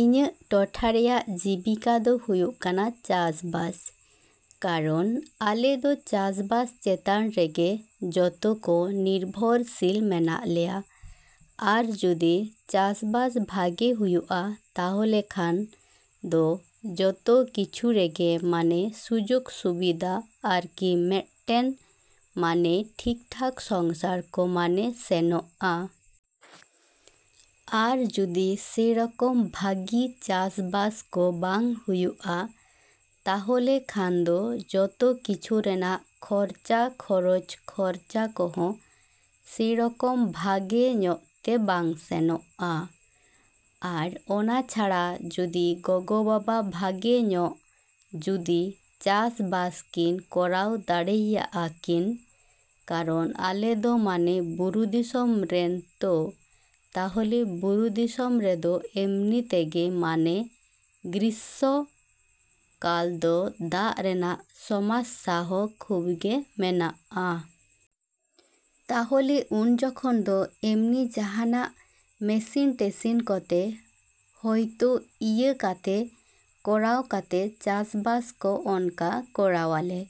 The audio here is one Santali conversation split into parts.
ᱤᱧᱟᱹᱜ ᱴᱚᱴᱷᱟ ᱨᱮᱭᱟᱜ ᱡᱤᱵᱤᱠᱟ ᱫᱚ ᱦᱩᱭᱩᱜ ᱠᱟᱱᱟ ᱪᱟᱥᱼᱵᱟᱥ᱾ ᱠᱟᱨᱚᱱ ᱟᱞᱮ ᱫᱚ ᱪᱟᱥᱼᱵᱟᱥ ᱪᱮᱛᱟᱱ ᱨᱮᱜᱮ ᱡᱚᱛᱚ ᱠᱚ ᱱᱤᱨᱵᱷᱚᱨᱥᱤᱞ ᱢᱮᱱᱟᱜ ᱞᱮᱭᱟ᱾ ᱟᱨ ᱡᱩᱫᱤ ᱪᱟᱥᱼᱵᱟᱥ ᱵᱷᱟᱜᱮ ᱦᱩᱭᱩᱜᱼᱟ ᱛᱟᱦᱚᱞᱮ ᱠᱷᱟᱱ, ᱫᱚ ᱡᱚᱛᱚ ᱠᱤᱪᱷᱩ ᱨᱮᱜᱮ ᱢᱟᱱᱮ ᱥᱩᱡᱳᱜᱽ ᱥᱩᱵᱤᱫᱟ ᱟᱨᱠᱤ ᱢᱮᱱᱴᱮᱱ ᱢᱟᱱᱮ ᱴᱷᱤᱠᱼᱴᱷᱟᱠ ᱥᱚᱝᱥᱟᱨ ᱠᱚ ᱢᱟᱱᱮ ᱥᱮᱱᱚᱜᱼᱟ᱾ ᱟᱨ ᱡᱩᱫᱤ ᱥᱮᱨᱚᱠᱚᱢ ᱵᱷᱟᱜᱤ ᱪᱟᱥᱼᱵᱟᱥ ᱠᱚ ᱵᱟᱝ ᱦᱩᱭᱩᱜᱼᱟ, ᱛᱟᱦᱚᱞᱮᱠᱷᱟᱱ ᱫᱚ ᱡᱚᱛᱚ ᱠᱤᱪᱷᱩ ᱨᱮᱱᱟᱜ ᱠᱷᱚᱨᱪᱟ, ᱠᱷᱚᱨᱚᱪ ᱠᱷᱚᱨᱪᱟ ᱠᱚᱦᱚᱸ ᱥᱮᱨᱚᱠᱚᱢ ᱵᱷᱟᱜᱮ ᱧᱚᱜ ᱛᱮ ᱵᱟᱝ ᱥᱮᱱᱚᱜᱼᱟ᱾ ᱟᱨ ᱚᱱᱟ ᱪᱷᱟᱲᱟ ᱡᱩᱫᱤ ᱜᱚᱜᱚᱼᱵᱟᱵᱟ ᱵᱷᱟᱜᱮ ᱧᱚᱜ ᱡᱩᱫᱤ ᱪᱟᱥᱼᱵᱟᱥ ᱠᱤᱱ ᱠᱚᱨᱟᱣ ᱫᱟᱲᱮᱭᱟᱜᱼᱟ ᱠᱤᱱ, ᱠᱟᱨᱚᱱ ᱟᱞᱮ ᱫᱚ ᱢᱟᱱᱮ ᱵᱩᱨᱩ ᱫᱤᱥᱚᱢ ᱨᱮᱱ ᱛᱚ, ᱛᱟᱦᱚᱞᱮ ᱵᱩᱨᱩ ᱫᱤᱥᱚᱢ ᱨᱮᱫᱚ ᱮᱢᱱᱤ ᱛᱮᱜᱮ ᱢᱟᱱᱮ ᱜᱨᱤᱥᱥᱚ ᱠᱟᱞ ᱫᱚ ᱫᱟᱜ ᱨᱮᱱᱟᱜ ᱥᱚᱢᱟᱥᱥᱟ ᱦᱚᱸ ᱠᱷᱩᱵᱽ ᱜᱮ ᱢᱮᱱᱟᱜᱼᱟ᱾ ᱛᱟᱦᱚᱞᱮ ᱩᱱ ᱡᱚᱠᱷᱚᱱ ᱫᱚ ᱮᱢᱱᱤ ᱡᱟᱦᱟᱱᱟᱜ ᱢᱮᱥᱤᱱ ᱴᱮᱥᱤᱱ ᱠᱚᱛᱮ ᱦᱳᱭᱛᱳ ᱤᱭᱟᱹ ᱠᱟᱛᱮ ᱠᱚᱨᱟᱣ ᱠᱟᱛᱮ ᱪᱟᱥᱼᱵᱟᱥ ᱠᱚ ᱚᱱᱠᱟ ᱠᱚᱨᱟᱣᱟᱞᱮ᱾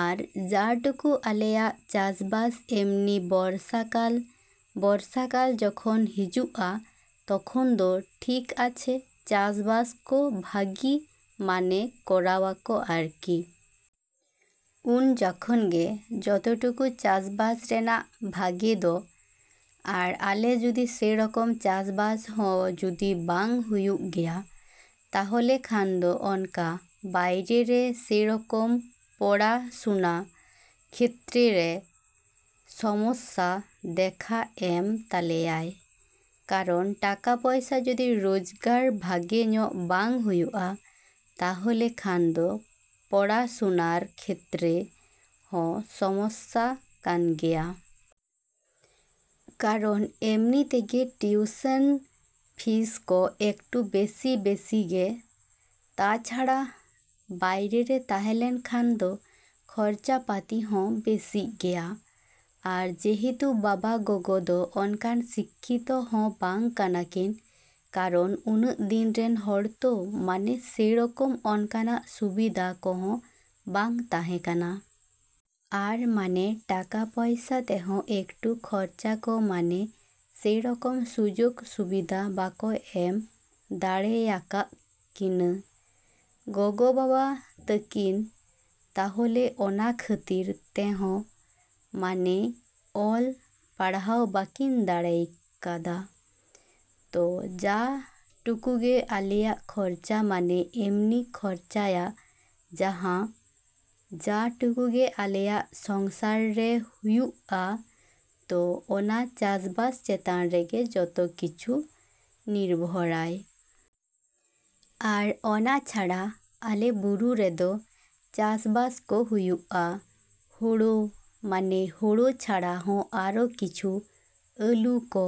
ᱟᱨ ᱡᱟ ᱴᱩᱠᱩ ᱟᱞᱮᱭᱟᱜ ᱪᱟᱥᱼᱵᱟᱥ ᱮᱢᱱᱤ ᱵᱚᱨᱥᱟ ᱠᱟᱞ, ᱵᱚᱨᱥᱟ ᱠᱟᱞ ᱡᱚᱠᱷᱚᱱ ᱦᱤᱡᱩᱜᱼᱟ, ᱛᱠᱷᱚᱱ ᱫᱚ ᱴᱷᱤᱠ ᱟᱪᱷᱮ ᱪᱟᱥᱵᱟᱥ ᱠᱚ ᱵᱷᱟᱜᱤ ᱢᱟᱱᱮ ᱠᱚᱨᱟᱣᱟᱠᱚ ᱟᱨᱠᱤ᱾ ᱩᱱ ᱡᱚᱠᱷᱚᱱ ᱜᱮ ᱡᱚᱛᱚ ᱴᱩᱠᱩ ᱪᱟᱥᱼᱵᱟᱥ ᱨᱮᱱᱟᱜ ᱵᱷᱟᱜᱮ ᱫᱚ᱾ ᱟᱨ ᱟᱞᱮ ᱡᱩᱫᱤ ᱥᱮᱨᱚᱠᱚᱢ ᱪᱟᱥᱼᱵᱟᱥ ᱦᱚᱸ ᱡᱩᱫᱤ ᱵᱟᱝ ᱦᱩᱭᱩᱜ ᱜᱮᱭᱟ, ᱛᱟᱦᱚᱞᱮᱠᱷᱟᱱ ᱫᱚ ᱚᱱᱠᱟ ᱵᱟᱭᱨᱮ ᱨᱮ ᱥᱮᱨᱚᱠᱚᱢ ᱯᱚᱲᱟᱥᱩᱱᱟ ᱠᱷᱮᱛᱛᱨᱮ ᱨᱮ ᱥᱚᱢᱚᱥᱥᱟ ᱫᱮᱠᱷᱟ ᱮᱢ ᱛᱟᱞᱮᱭᱟᱭ᱾ ᱠᱟᱨᱚᱱ ᱴᱟᱠᱟ, ᱯᱚᱭᱥᱟ ᱡᱩᱫᱤ ᱨᱳᱡᱜᱟᱨ ᱵᱷᱟᱜᱮ ᱧᱚᱜ ᱵᱟᱝ ᱦᱩᱭᱩᱜᱼᱟ ᱛᱟᱦᱚᱞᱮ ᱠᱷᱟᱱ ᱫᱚ ᱯᱚᱲᱟᱥᱩᱱᱟᱨ ᱠᱷᱮᱛᱨᱮ ᱦᱚᱸ ᱥᱚᱢᱚᱥᱥᱟ ᱠᱟᱱ ᱜᱮᱭᱟ᱾ ᱠᱟᱨᱚᱱ ᱮᱢᱱᱤ ᱛᱮᱜᱮ ᱴᱤᱭᱩᱥᱮᱱ ᱯᱷᱤᱡᱽ ᱠᱚ ᱮᱠᱴᱩ ᱵᱮᱥᱤ ᱵᱮᱥᱤ ᱜᱮ ᱛᱟᱪᱷᱟᱲᱟ ᱵᱟᱭᱨᱮ ᱨᱮ ᱛᱟᱦᱮᱞᱮᱱ ᱠᱷᱟᱱ ᱫᱚ ᱠᱷᱚᱨᱪᱟ ᱯᱟᱛᱤ ᱦᱚᱸ ᱵᱮᱥᱤᱜ ᱜᱮᱭᱟ᱾ ᱟᱨ ᱡᱮᱦᱮᱛᱩ ᱵᱟᱵᱟᱼᱜᱚᱜᱚ ᱫᱚ ᱚᱱᱠᱟᱱ ᱥᱤᱠᱠᱷᱤᱛᱚ ᱦᱚᱸ ᱵᱟᱝ ᱠᱟᱱᱟ ᱠᱤᱱ ᱠᱟᱨᱚᱱ ᱩᱱᱟᱹᱜ ᱫᱤᱱ ᱨᱮᱱ ᱦᱚᱲ ᱛᱚ ᱢᱟᱱᱮ ᱥᱮᱨᱚᱠᱚᱢ ᱚᱱᱠᱟᱱᱟᱜ ᱥᱩᱵᱤᱫᱟ ᱠᱚᱦᱚᱸ ᱵᱟᱝ ᱛᱟᱦᱮᱠᱟᱱᱟ᱾ ᱟᱨ ᱢᱟᱱᱮ ᱴᱟᱠᱟ ᱯᱚᱭᱥᱟ ᱛᱮᱦᱚᱸ ᱮᱠᱴᱩ ᱠᱷᱚᱨᱪᱟ ᱠᱚ ᱢᱟᱱᱮ ᱥᱮᱨᱚᱠᱚᱢ ᱥᱩᱡᱳᱜᱽ ᱥᱩᱵᱤᱫᱟ ᱵᱟᱠᱚ ᱮᱢ ᱫᱟᱲᱮᱭᱟᱠᱟᱜ ᱠᱤᱱᱟᱹ ᱜᱚᱜᱚᱼᱵᱟᱵᱟ ᱛᱟᱹᱠᱤᱱ ᱛᱟᱦᱚᱞᱮ ᱚᱱᱟ ᱠᱷᱟᱹᱛᱤᱨ ᱛᱮᱦᱚᱸ ᱢᱟᱱᱮ ᱚᱞ, ᱯᱟᱲᱦᱟᱣ ᱵᱟᱠᱤᱱ ᱫᱟᱲᱮᱭ ᱠᱟᱫᱟ᱾ ᱛᱚ, ᱡᱟ ᱴᱩᱠᱩᱜᱮ ᱟᱞᱮᱭᱟᱜ ᱠᱷᱚᱨᱪᱟ ᱢᱟᱱᱮ ᱮᱢᱱᱤ ᱠᱷᱚᱨᱪᱟᱭᱟ ᱡᱟᱦᱚᱸ, ᱡᱟ ᱴᱩᱠᱩ ᱜᱮ ᱟᱞᱮᱭᱟᱜ ᱥᱚᱝᱥᱟᱨ ᱨᱮ ᱦᱩᱭᱩᱜᱼᱟ, ᱛᱚ ᱚᱱᱟ ᱪᱟᱥᱵᱟᱥ ᱪᱮᱛᱟᱱ ᱨᱮᱜᱮ ᱡᱚᱛᱚ ᱠᱤᱪᱷᱩ ᱱᱤᱨᱵᱷᱚᱨᱟᱭ᱾ ᱟᱨ ᱚᱱᱟ ᱪᱷᱟᱲᱟ ᱟᱞᱮ ᱵᱩᱨᱩ ᱨᱮᱫᱚ ᱪᱟᱥᱼᱵᱟᱥ ᱠᱚ ᱦᱩᱭᱩᱜᱼᱟ ᱦᱳᱲᱳ, ᱢᱟᱱᱮ ᱦᱳᱲᱳ ᱪᱷᱟᱲᱟ ᱦᱚᱸ ᱟᱨᱚ ᱠᱤᱪᱷᱩ ᱟᱹᱞᱩ ᱠᱚ,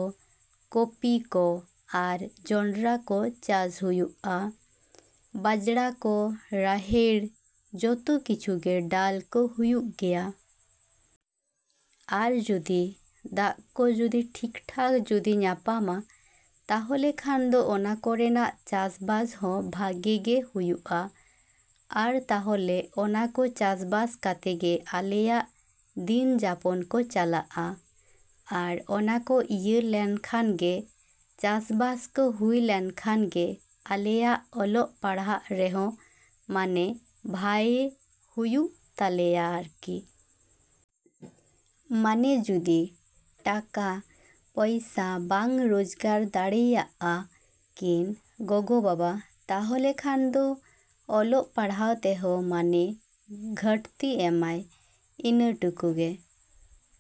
ᱠᱚᱯᱤ ᱠᱚ, ᱟᱨ ᱡᱚᱱᱰᱨᱟ ᱠᱚ ᱪᱟᱥ ᱦᱩᱭᱩᱜᱼᱟ, ᱵᱟᱡᱽᱲᱟ ᱠᱚ, ᱨᱟᱦᱮᱲ, ᱡᱚᱛᱚ ᱠᱤᱪᱷᱩ ᱜᱮ ᱰᱟᱞ ᱠᱚ ᱦᱩᱭᱩᱜ ᱜᱮᱭᱟ᱾ ᱟᱨ ᱡᱩᱫᱤ ᱫᱟᱜ ᱠᱚ ᱡᱩᱫᱤ ᱴᱷᱤᱠᱼᱴᱷᱟᱠ ᱡᱩᱫᱤ ᱧᱟᱯᱟᱢᱟ, ᱛᱟᱦᱚᱞᱮ ᱠᱷᱟᱱ ᱫᱚ ᱚᱱᱟ ᱠᱚᱨᱮᱱᱟᱜ ᱪᱟᱥᱼᱵᱟᱥ ᱦᱚᱸ ᱵᱷᱟᱜᱮ ᱜᱮ ᱦᱩᱭᱩᱜᱼᱟ᱾ ᱟᱨ ᱛᱟᱦᱚᱞᱮ ᱚᱱᱟ ᱠᱚ ᱪᱟᱥᱵᱟᱥ ᱠᱟᱛᱮ ᱜᱮ ᱟᱞᱮᱭᱟᱜ ᱫᱤᱱ ᱡᱟᱯᱚᱱ ᱠᱚ ᱪᱟᱞᱟᱜᱼᱟ᱾ ᱟᱨ ᱚᱱᱟ ᱠᱚ ᱤᱭᱟᱹ ᱞᱮᱱᱠᱷᱟᱱ ᱜᱮ, ᱪᱟᱥᱼᱵᱟᱥ ᱠᱚ ᱦᱩᱭ ᱞᱮᱱᱠᱷᱟᱱ ᱜᱮ ᱟᱞᱮᱭᱟᱜ ᱚᱞᱚᱜ ᱯᱟᱲᱦᱟᱜ ᱨᱮᱦᱚᱸ ᱢᱟᱱᱮ ᱵᱷᱟᱮ ᱦᱩᱭᱩᱜ ᱛᱟᱞᱮᱭᱟ ᱟᱨᱠᱤ᱾ ᱢᱟᱱᱮ ᱡᱩᱫᱤ ᱴᱟᱠᱟ, ᱯᱚᱭᱥᱟ ᱵᱟᱝ ᱨᱳᱡᱽᱜᱟᱨ ᱫᱟᱲᱮᱭᱟᱜᱼᱟ ᱠᱤᱱ ᱜᱚᱜᱚᱼᱵᱟᱵᱟ ᱛᱟᱦᱚᱞᱮ ᱠᱷᱟᱱ ᱫᱚ ᱚᱞ ᱯᱟᱲᱦᱟᱣ ᱛᱮᱦᱚᱸ ᱢᱟᱱᱮ ᱜᱷᱟᱹᱴᱛᱤ ᱮᱢᱟᱭ᱾ ᱤᱱᱟᱹ ᱴᱩᱠᱩ ᱜᱮ᱾